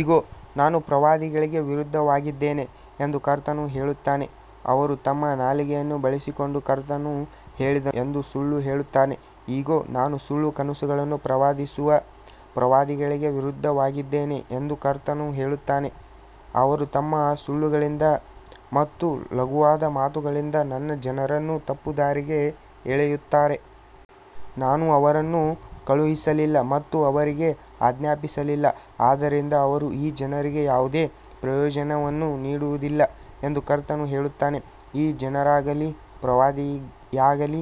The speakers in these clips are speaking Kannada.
ಇಗೋ, ನಾನು ಪ್ರವಾದಿಗಳಿಗೆ ವಿರುದ್ಧವಾಗಿದ್ದೇನೆ ಎಂದು ಕರ್ತನು ಹೇಳುತ್ತಾನೆ, ಅವರು ತಮ್ಮ ನಾಲಿಗೆಯನ್ನು ಬಳಸಿಕೊಂಡು ಕರ್ತನು ಹೇಳಿದನು ಎಂದು ಸುಳ್ಳು ಹೇಳುತ್ತಾರೆ. ಇಗೋ, ನಾನು ಸುಳ್ಳು ಕನಸುಗಳನ್ನು ಪ್ರವಾದಿಸುವ ಪ್ರವಾದಿಗಳಿಗೆ ವಿರುದ್ಧವಾಗಿದ್ದೇನೆ ಎಂದು ಕರ್ತನು ಹೇಳುತ್ತಾನೆ. ಅವರು ತಮ್ಮ ಸುಳ್ಳುಗಳಿಂದ ಮತ್ತು ಲಘುವಾದ ಮಾತುಗಳಿಂದ ನನ್ನ ಜನರನ್ನು ತಪ್ಪುದಾರಿಗೆ ಎಳೆಯುತ್ತಾರೆ. ನಾನು ಅವರನ್ನು ಕಳುಹಿಸಲಿಲ್ಲ ಮತ್ತು ಅವರಿಗೆ ಆಜ್ಞಾಪಿಸಲಿಲ್ಲ, ಆದ್ದರಿಂದ ಅವರು ಈ ಜನರಿಗೆ ಯಾವುದೇ ಪ್ರಯೋಜನವನ್ನು ನೀಡುವುದಿಲ್ಲ ಎಂದು ಕರ್ತನು ಹೇಳುತ್ತಾನೆ. ಈ ಜನರಾಗಲಿ, ಪ್ರವಾದಿಯಾಗಲಿ,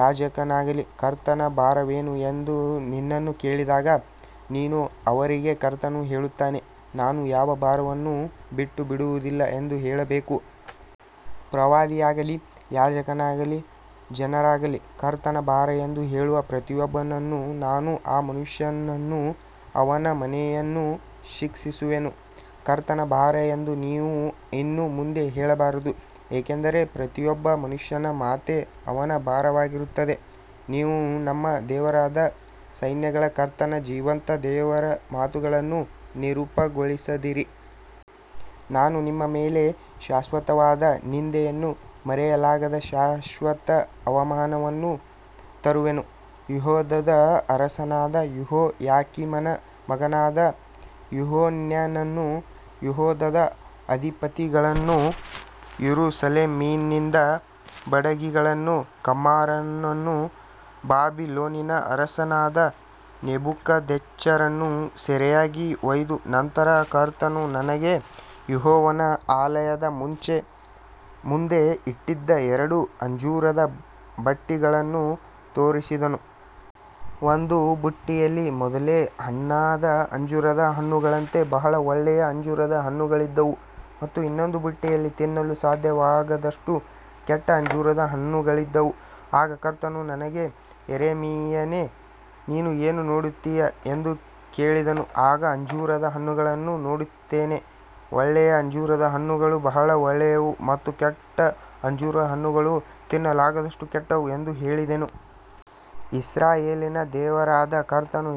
ಯಾಜಕನಾಗಲಿ, ಕರ್ತನ ಭಾರವೇನು ಎಂದು ನಿನ್ನನ್ನು ಕೇಳಿದಾಗ, ನೀನು ಅವರಿಗೆ ಕರ್ತನು ಹೇಳುತ್ತಾನೆ, ನಾನು ಯಾವ ಭಾರವನ್ನೂ ಬಿಟ್ಟುಬಿಡುವುದಿಲ್ಲ ಎಂದು ಹೇಳಬೇಕು. ಪ್ರವಾದಿಯಾಗಲಿ, ಯಾಜಕನಾಗಲಿ, ಜನರಾಗಲಿ, ಕರ್ತನ ಭಾರ ಎಂದು ಹೇಳುವ ಪ್ರತಿಯೊಬ್ಬನನ್ನೂ ನಾನು ಆ ಮನುಷ್ಯನನ್ನೂ ಅವನ ಮನೆಯನ್ನೂ ಶಿಕ್ಷಿಸುವೆನು. ಕರ್ತನ ಭಾರ ಎಂದು ನೀವು ಇನ್ನು ಮುಂದೆ ಹೇಳಬಾರದು, ಏಕೆಂದರೆ ಪ್ರತಿಯೊಬ್ಬ ಮನುಷ್ಯನ ಮಾತೇ ಅವನ ಭಾರವಾಗಿರುತ್ತದೆ, ನೀವು ನಮ್ಮ ದೇವರಾದ ಸೈನ್ಯಗಳ ಕರ್ತನ ಜೀವಂತ ದೇವರ ಮಾತುಗಳನ್ನು ವಿರೂಪಗೊಳಿಸಿದ್ದೀರಿ. ನಾನು ನಿಮ್ಮ ಮೇಲೆ ಶಾಶ್ವತವಾದ ನಿಂದೆಯನ್ನೂ ಮರೆಯಲಾಗದ ಶಾಶ್ವತ ಅವಮಾನವನ್ನೂ ತರುವೆನು. ಯೆಹೂದದ ಅರಸನಾದ ಯೆಹೋಯಾಕೀಮನ ಮಗನಾದ ಯೆಕೋನ್ಯನನ್ನೂ, ಯೆಹೂದದ ಅಧಿಪತಿಗಳನ್ನೂ, ಯೆರೂಸಲೇಮಿನಿಂದ ಬಡಗಿಗಳನ್ನೂ ಕಮ್ಮಾರರನ್ನೂ ಬಾಬಿಲೋನಿನ ಅರಸನಾದ ನೆಬೂಕದ್ನೆಚ್ಚರನು ಸೆರೆಯಾಗಿ ಒಯ್ದ ನಂತರ, ಕರ್ತನು ನನಗೆ ಯೆಹೋವನ ಆಲಯದ ಮುಂದೆ ಇಟ್ಟಿದ್ದ ಎರಡು ಅಂಜೂರದ ಬುಟ್ಟಿಗಳನ್ನು ತೋರಿಸಿದನು. ಒಂದು ಬುಟ್ಟಿಯಲ್ಲಿ ಮೊದಲೇ ಹಣ್ಣಾದ ಅಂಜೂರದ ಹಣ್ಣುಗಳಂತೆ ಬಹಳ ಒಳ್ಳೆಯ ಅಂಜೂರದ ಹಣ್ಣುಗಳಿದ್ದವು ಮತ್ತು ಇನ್ನೊಂದು ಬುಟ್ಟಿಯಲ್ಲಿ ತಿನ್ನಲು ಸಾಧ್ಯವಾಗದಷ್ಟು ಕೆಟ್ಟ ಅಂಜೂರದ ಹಣ್ಣುಗಳಿದ್ದವು. ಆಗ ಕರ್ತನು ನನಗೆ ಯೆರೆಮೀಯನೇ, ನೀನು ಏನು ನೋಡುತ್ತೀಯ ಎಂದು ಕೇಳಿದನು. ನಾನು ಅಂಜೂರದ ಹಣ್ಣುಗಳನ್ನು ನೋಡುತ್ತೇನೆ, ಒಳ್ಳೆಯ ಅಂಜೂರದ ಹಣ್ಣುಗಳು ಬಹಳ ಒಳ್ಳೆಯವು ಮತ್ತು ಕೆಟ್ಟ ಅಂಜೂರದ ಹಣ್ಣುಗಳು ತಿನ್ನಲಾಗದಷ್ಟು ಕೆಟ್ಟವು ಎಂದು ಹೇಳಿದೆನು. ಇಸ್ರಾಯೇಲಿನ ದೇವರಾದ ಕರ್ತನು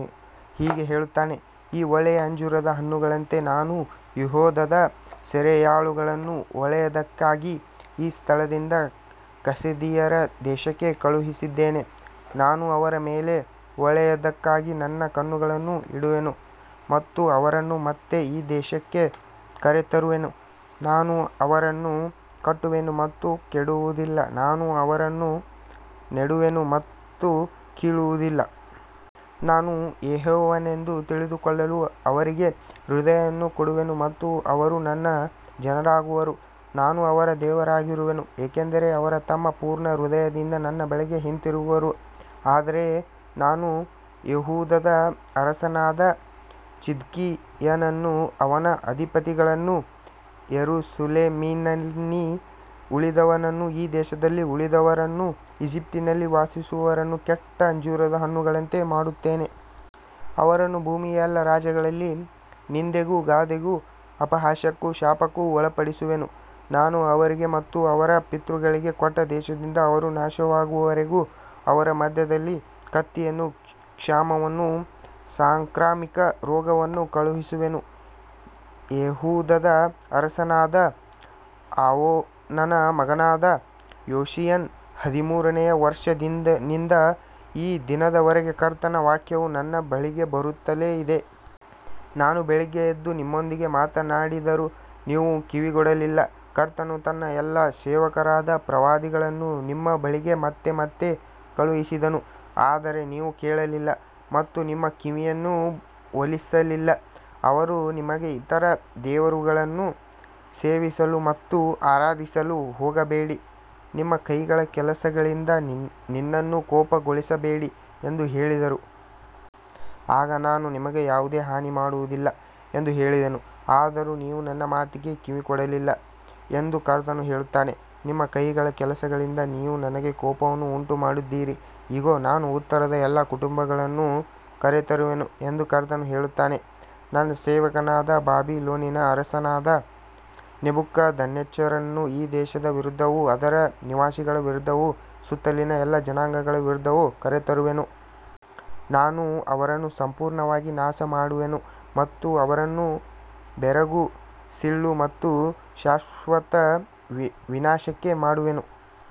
ಹೀಗೆ ಹೇಳುತ್ತಾನೆ, ಈ ಒಳ್ಳೆಯ ಅಂಜೂರದ ಹಣ್ಣುಗಳಂತೆ ನಾನು ಯೆಹೂದದ ಸೆರೆಯಾಳುಗಳನ್ನು ಒಳ್ಳೆಯದಕ್ಕಾಗಿ ಈ ಸ್ಥಳದಿಂದ ಕಸ್ದೀಯರ ದೇಶಕ್ಕೆ ಕಳುಹಿಸಿದ್ದೇನೆ. ನಾನು ಅವರ ಮೇಲೆ ಒಳ್ಳೆಯದಕ್ಕಾಗಿ ನನ್ನ ಕಣ್ಣುಗಳನ್ನು ಇಡುವೆನು ಮತ್ತು ಅವರನ್ನು ಮತ್ತೆ ಈ ದೇಶಕ್ಕೆ ಕರೆತರುವೆನು. ನಾನು ಅವರನ್ನು ಕಟ್ಟುವೆನು ಮತ್ತು ಕೆಡವುವುದಿಲ್ಲ, ನಾನು ಅವರನ್ನು ನೆಡುವೆನು ಮತ್ತು ಕೀಳುವುದಿಲ್ಲ. ನಾನು ಯೆಹೋವನೆಂದು ತಿಳಿದುಕೊಳ್ಳಲು ಅವರಿಗೆ ಹೃದಯವನ್ನು ಕೊಡುವೆನು ಮತ್ತು ಅವರು ನನ್ನ ಜನರಾಗುವರು, ನಾನು ಅವರ ದೇವರಾಗಿರುವೆನು, ಏಕೆಂದರೆ ಅವರು ತಮ್ಮ ಪೂರ್ಣ ಹೃದಯದಿಂದ ನನ್ನ ಬಳಿಗೆ ಹಿಂತಿರುಗುವರು. ಆದರೆ ನಾನು ಯೆಹೂದದ ಅರಸನಾದ ಚಿದ್ಕೀಯನನ್ನೂ ಅವನ ಅಧಿಪತಿಗಳನ್ನೂ ಯೆರೂಸಲೇಮಿನಲ್ಲಿ ಉಳಿದವರನ್ನೂ ಈ ದೇಶದಲ್ಲಿ ಉಳಿದವರನ್ನೂ ಈಜಿಪ್ಟಿನಲ್ಲಿ ವಾಸಿಸುವವರನ್ನೂ ಕೆಟ್ಟ ಅಂಜೂರದ ಹಣ್ಣುಗಳಂತೆ ಮಾಡುತ್ತೇನೆ. ಅವರನ್ನು ಭೂಮಿಯ ಎಲ್ಲಾ ರಾಜ್ಯಗಳಲ್ಲಿ ನಿಂದೆಗೂ ಗಾದೆಗೂ ಅಪಹಾಸ್ಯಕ್ಕೂ ಶಾಪಕ್ಕೂ ಒಳಪಡಿಸುವೆನು. ನಾನು ಅವರಿಗೆ ಮತ್ತು ಅವರ ಪಿತೃಗಳಿಗೆ ಕೊಟ್ಟ ದೇಶದಿಂದ ಅವರು ನಾಶವಾಗುವವರೆಗೂ ಅವರ ಮಧ್ಯದಲ್ಲಿ ಕತ್ತಿಯನ್ನೂ ಕ್ಷಾಮವನ್ನೂ ಸಾಂಕ್ರಾಮಿಕ ರೋಗವನ್ನೂ ಕಳುಹಿಸುವೆನು. ಯೆಹೂದದ ಅರಸನಾದ ಆಮೋನನ ಮಗನಾದ ಯೋಷೀಯನ ಹದಿಮೂರನೆಯ ವರ್ಷದಂದಿನಿಂದ ಈ ದಿನದವರೆಗೆ ಕರ್ತನ ವಾಕ್ಯವು ನನ್ನ ಬಳಿಗೆ ಬರುತ್ತಲೇ ಇದೆ. ನಾನು ಬೆಳಿಗ್ಗೆ ಎದ್ದು ನಿಮ್ಮೊಂದಿಗೆ ಮಾತನಾಡಿದರೂ ನೀವು ಕಿವಿಗೊಡಲಿಲ್ಲ. ಕರ್ತನು ತನ್ನ ಎಲ್ಲಾ ಸೇವಕರಾದ ಪ್ರವಾದಿಗಳನ್ನು ನಿಮ್ಮ ಬಳಿಗೆ ಮತ್ತೆ ಮತ್ತೆ ಕಳುಹಿಸಿದನು, ಆದರೆ ನೀವು ಕೇಳಲಿಲ್ಲ ಮತ್ತು ನಿಮ್ಮ ಕಿವಿಯನ್ನು ಒಲಿಸಲಿಲ್ಲ. ಅವರು ನಿಮಗೆ ಇತರ ದೇವರುಗಳನ್ನು ಸೇವಿಸಲು ಮತ್ತು ಆರಾಧಿಸಲು ಹೋಗಬೇಡಿ, ನಿಮ್ಮ ಕೈಗಳ ಕೆಲಸಗಳಿಂದ ನನ್ನನ್ನು ಕೋಪಗೊಳಿಸಬೇಡಿ ಎಂದು ಹೇಳಿದರು. ಆಗ ನಾನು ನಿಮಗೆ ಯಾವುದೇ ಹಾನಿ ಮಾಡುವುದಿಲ್ಲ ಎಂದು ಹೇಳಿದೆನು. ಆದರೂ ನೀವು ನನ್ನ ಮಾತಿಗೆ ಕಿವಿಗೊಡಲಿಲ್ಲ ಎಂದು ಕರ್ತನು ಹೇಳುತ್ತಾನೆ, ನಿಮ್ಮ ಕೈಗಳ ಕೆಲಸಗಳಿಂದ ನೀವು ನನಗೆ ಕೋಪವನ್ನು ಉಂಟುಮಾಡಿದ್ದೀರಿ. ಇಗೋ, ನಾನು ಉತ್ತರದ ಎಲ್ಲಾ ಕುಟುಂಬಗಳನ್ನು ಕರೆತರುವೆನು ಎಂದು ಕರ್ತನು ಹೇಳುತ್ತಾನೆ. ನನ್ನ ಸೇವಕನಾದ ಬಾಬಿಲೋನಿನ ಅರಸನಾದ ನೆಬೂಕದ್ನೆಚ್ಚರನನ್ನು ಈ ದೇಶದ ವಿರುದ್ಧವೂ ಅದರ ನಿವಾಸಿಗಳ ವಿರುದ್ಧವೂ ಸುತ್ತಲಿನ ಎಲ್ಲಾ ಜನಾಂಗಗಳ ವಿರುದ್ಧವೂ ಕರೆತರುವೆನು. ನಾನು ಅವರನ್ನು ಸಂಪೂರ್ಣವಾಗಿ ನಾಶಮಾಡುವೆನು ಮತ್ತು ಅವರನ್ನು ಬೆರಗು, ಸಿಳ್ಳು ಮತ್ತು ಶಾಶ್ವತ ವಿನಾಶಕ್ಕೆ ಮಾಡುವೆನು.